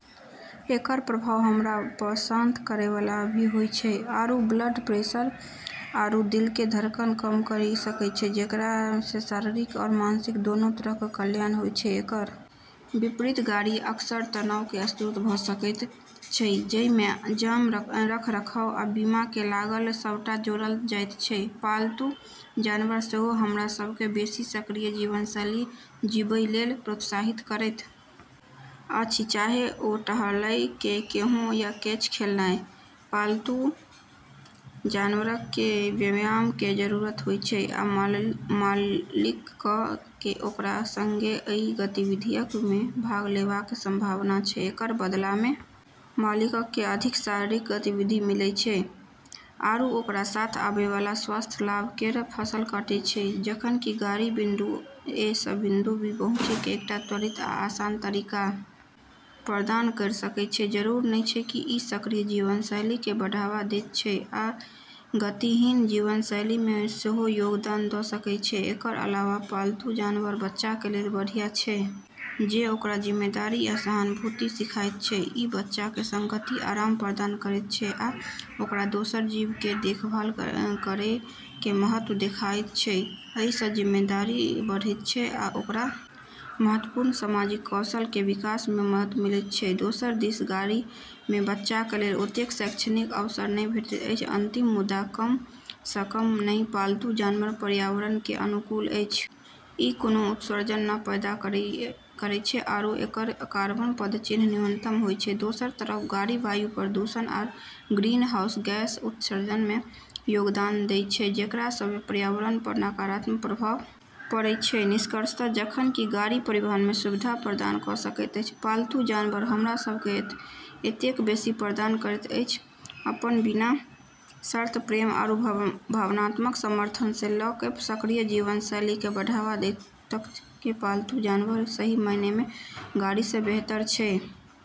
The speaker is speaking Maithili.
एकरऽ प्रभाव हमरा प॑ शांत करै वाला भी होय छै आरू ब्लड प्रेशर आरू दिल के धड़कन कम करी सकै छै जेकरा से शारीरिक आरू मानसिक दोनों तरह के कल्याण होय छै, एकर विपरीत गाड़ी अक्सर तनाव कें स्रोत भ सकएयत छै, जइ मे जाम, रखरखाव आ बीमा कें लागत सबटा जोड़ल जायत छै, पालतू जानवर सेहो हमरा सबके बेसी सक्रिय जीवनशैली जीबय लेल प्रोत्साहित करैत अछि चाहे ओ टहलएय कें हो या कैच खेलनाय, पालतू जानवरक कें व्यायाम कें जरूरत होयत छै आ मालिकक कें ओकरा संगे अइ गतिविधियक मे भाग लेवा कें संभावना छै, एकरऽ बदला मे मालिकऽ के अधिक शारीरिक गतिविधि मिलै छै आरू ओकरा साथ आबै वाला स्वास्थ्य लाभ केरऽ फसल काटै छै जखन कि गाड़ी बिंदु ए सं बिंदु बी पहुंचय कें एकटा त्वरित आ आसान तरीका प्रदान कयर सकय छै, जरूरी नै छै कि इ सक्रिय जीवनशैली कें बढ़ावा देयत छै आ गतिहीन जीवनशैली मे सेहो योगदान द सकय छै, एकर अलावा पालतू जानवर बच्चाक कें लेल बढ़िया छै जे ओकरा जिम्मेदारी आ सहानुभूति सिखायत छै, इ बच्चाक कें संगति, आराम प्रदान करएयत छै आ ओकरा दोसर जीव कें देखभाल करएय कें महत्व देखाएयत छै, अइ सं जिम्मेदारी बढ़एयत छै आ ओकरा महत्वपूर्ण सामाजिक कौशल कें विकास मे मदद मिलएयत छै, दोसर दिस गाड़ी मे बच्चाक लेल ओतेक शैक्षणिक अवसर नहि भेटैत अछि अंतिम मुदा कम सं कम नहिं पालतू जानवर पर्यावरण के अनुकूल अछि, ई कोनों उत्सर्जन नै पैदा करै छै आरू एकरऽ कार्बन पदचिह्न न्यूनतम होय छै, दोसरऽ तरफ गाड़ी वायु प्रदूषण आरू ग्रीनहाउस गैस उत्सर्जन मे योगदान दै छै जेकरा सं पर्यावरण प नकारात्मक प्रभाव पड़ै छै, निष्कर्षतः जखन कि गाड़ी परिवहन में सुविधा प्रदान क सकैत अछि, पालतू जानवर हमरा सब के एतेक बेसी प्रदान करैत अछि, अपनऽ बिना शर्त प्रेम आरू भावनात्मक समर्थन से ले क सक्रिय जीवनशैली क बढ़ावा दै तक के पालतू जानवर सही मायने मे गाड़ी से बेहतर छै।